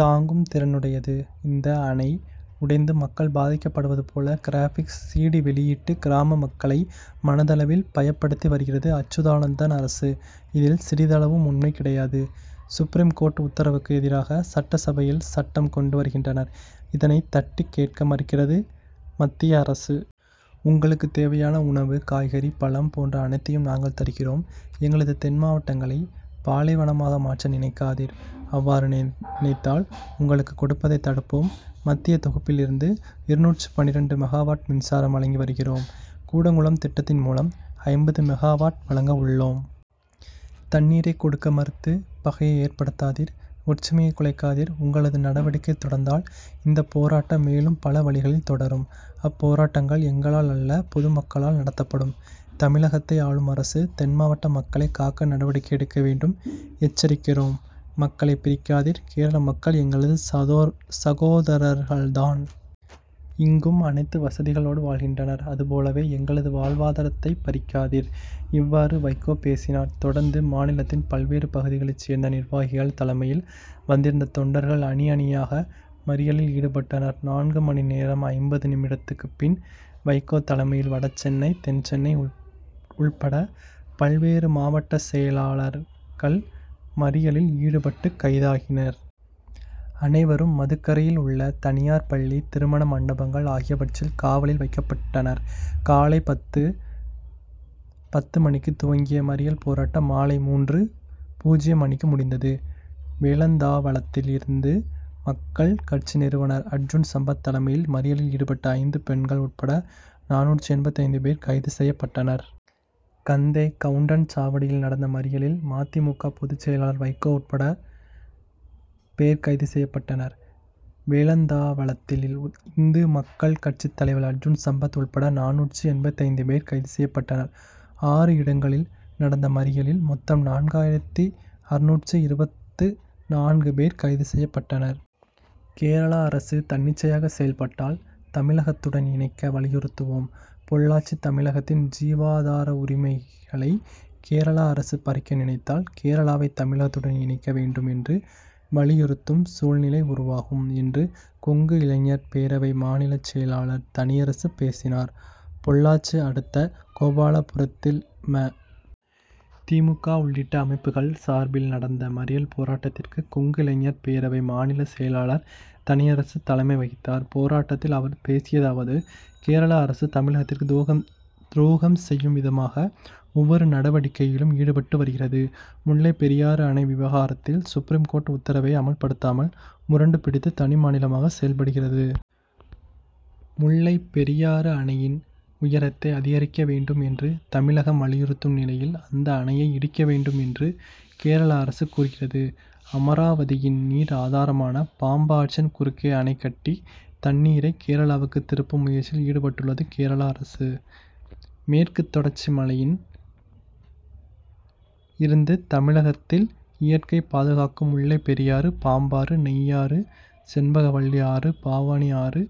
தாங்கும் திறனுடையது. இந்த அணை உடைந்து மக்கள் பாதிக்கப்படுவது போல, கிராபிக்ஸ் 'சிடி வெளியிட்டு, கேரள மக்களை மனதளவில் பயப்படுத்தி வருகிறது அச்சுதானந்தன் அரசு. இதில், சிறிதளவும் உண்மை கிடையாது. சுப்ரீம் கோர்ட் உத்தரவுக்கு எதிராக, சட்டசபையில் சட்டம் கொண்டு வருகின்றனர். இதனை தட்டிக் கேட்க மறுக்கிறது மத்திய அரசு. உங்களுக்கு தேவையான உணவு, காய்கறி, பழம் போன்ற அனைத்தையும் நாங்கள் தருகிறோம். எங்களது தென்மாவட்டங்களை பாலைவனமாக மாற்ற நினைக்காதீர். அவ்வாறு நினைத்தால், உங்களுக்கு கொடுப்பதை தடுப்போம். மத்திய தொகுப்பிலிருந்து இருநூற்று பன்னிரண்டு மெகாவாட் மின்சாரம் வழங்கி வருகிறோம். கூடங்குளம் திட்டத்தின் மூலம், ஐம்பது மெகாவாட் வழங்க உள்ளோம். தண்ணீரை கொடுக்க மறுத்து, பகையை ஏற்படுத்தாதீர், ஒற்றுமையை குலைக்காதீர். உங்களது நடவடிக்கை தொடர்ந்தால், இந்தப் போராட்டம் மேலும் பல வழிகளில் தொடரும். அப்போராட்டங்கள் எங்களால் அல்ல; பொதுமக்களால் நடத்தப்படும். தமிழகத்தை ஆளும் அரசு, தென்மாவட்ட மக்களை காக்க நடவடிக்கை எடுக்கவேண்டும். எச்சரிக்கிறோம், மக்களை பிரிக்காதீர். கேரள மக்கள் எங்களது சகோதரர்கள்தான். இங்கும் அனைத்து வசதிகளோடு வாழ்கின்றனர். அதுபோலவே, எங்களது வாழ்வாதாரத் தை பறிக்காதீர். இவ்வாறு, வைகோ பேசினார். தொடர்ந்து, மாநிலத்தின் பல்வேறு பகுதிகளைச் சேர்ந்த நிர்வாகிகள் தலைமையில் வந்திருந்த தொண்டர்கள் அணி, அணியாக மறியலில் ஈடுபட்டனர். நான்கு மணி நேரம் ஐம்பது நிமிடத்துக்கு பின் வைகோ தலைமையில் வடசென்னை, தென்சென்னை உள்பட பல்வேறு மாவட்ட செயலாளர் கள் மறியலில் ஈடுபட்டு கைதாகினர். அனைவரும், மதுக்கரையில் உள்ள தனியார் பள்ளி, திருமண மண்டபங்கள் ஆகியவற்றில் காவலில் வைக்கப்பட்டனர். காலை பத்து.பத்து மணிக்கு துவங்கிய மறியல் போராட்டம் மாலை மூன்று.பூஜ்ஜியம் மணிக்கு முடிந்தது. வேலந்தாவளத்தில் இந்து மக்கள் கட்சி நிறுவனர் அர்ஜூன்சம்பத் தலைமையில் மறியலில் ஈடுபட்ட ஐந்து பெண்கள் உள்பட நானூற்று எண்பத்தைந்து பேர் கைது செய்யப்பட்டனர். கந்தேகவுண்டன்சாவடியில் நடந்த மறியிலில் ம. தி. மு. க., பொதுச் செயலாளர் வைகோ உள்பட பேர் கைது செய்யப்பட்டனர். வேலந்தாவளத்தில் இந்து மக்கள் கட்சி தலைவர் அர்ஜூன்சம்பத் உள்பட நானூற்று எண்பத்தைந்து பேர் கைது செய்ய பட்டனர். ஆறு இடங்களில் நடந்த மறியலில் மொத்தம் நான்காயிரத்து அறுநூற்று இருபத்து நான்கு பேர் கைது செய்யப்பட்டனர். 'கேரளா அரசு தன்னிச்சையாக செயல்பட்டால் தமிழகத்துடன் இணைக்க வலியுறுத்துவோம்' பொள்ளாச்சி தமிழகத்தின் ஜீவாதார உரிமைகளை கேரளா அரசு பறிக்க நினைத்தால், கேரளாவை தமிழகத்துடன் இணைக்க வேண்டும் என்று வலியுறுத்தும் சூழ்நிலை உருவாகும், என்று கொங்கு இளைஞர் பேரவை மாநில செயலாளர் தனியரசு பேசினார். பொள்ளாச்சி அடுத்த கோபாலபுரத்தில் ம. தி. மு. க., உள்ளிட்ட அமைப்புகள் சார்பில் நடந்த மறியல் போராட்டத்திற்கு கொங்கு இளைஞர் பேரவை மாநில செயலாளர் தனியரசு தலைமை வகித்தார். போராட்டத்தில் அவர் பேசியதாவது கேரளா அரசு தமிழகத்திற்கு துரோகம் செய்யும் விதமாக ஒவ்வொரு நடவடிக்கையிலும் ஈடுபட்டு வருகிறது. முல்லைப்பெரியாறு அணை விவகாரத்தில் சுப்ரீம் கோர்ட் உத்தரவை அமல்படுத்தாமல் முரண்டு பிடித்து தனி மாநிலமாக செயல்படுகிறது. முல்லை பெரியாறு அணையின் உயரத்தை அதிகரிக்க வேண்டும் என்று தமிழகம் வலியுறுத்தும் நிலையில், அந்த அணையை இடிக்க வேண்டும் என்று கேரளா அரசு கூறுகிறது. அமராவதியின் நீர்ஆதாரமான பாம்பாற்றின் குறுக்கே அணை கட்டி, தண்ணீரை கேரளாவுக்கு திருப்பும் முயற்சியில் ஈடுபட்டுள்ளது கேரளா அரசு. மேற்கு தொடர்ச்சி மலையில் இருந்து தமிழகத்தின் இயற்கை பாதுகாக்கும் முல்லைப்பெரியாறு, பாம்பாறு, நெய்யாறு, செண்பகவல்லி ஆறு, பவானி ஆறு,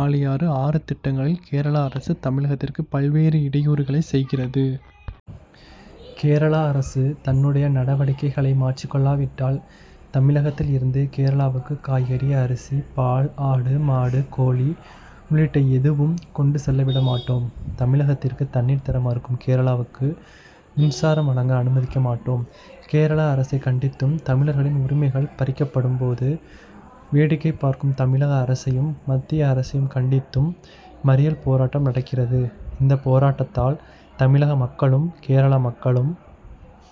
ஆழியாறு ஆறு திட்டங்களில் கேரளா அரசு, தமிழகத்திற்கு பல்வேறு இடையூறுகளை செய்கிறது. கேரளா அரசு தன்னுடைய நடவடிக்கைகளை மாற்றிக் கொள்ளாவிட்டால், தமிழகத்தில் இருந்து கேரளாவுக்கு காய்கறி, அரிசி, பால், ஆடு, மாடு, கோழி உள்ளிட்ட எதுவும் கொண்டு செல்ல விடமாட்டோம். தமிழகத்திற்கு தண்ணீர் தர மறுக்கும் கேரளாவுக்கு மின்சாரம் வழங்க அனுமதிக்க மாட்டோம். கேரளா அரசை கண்டித்தும், தமிழர்களின் உரிமைகள் பறிக்கப்படும் போது வேடிக்கை பார்க்கும் தமிழக அரசையும், மத்திய அரசையும் கண்டித்தும் மறியல் போராட்டம் நடக்கிறது. இந்த போராட்டத்தால் தமிழக மக்களும், கேரளா மக்களும்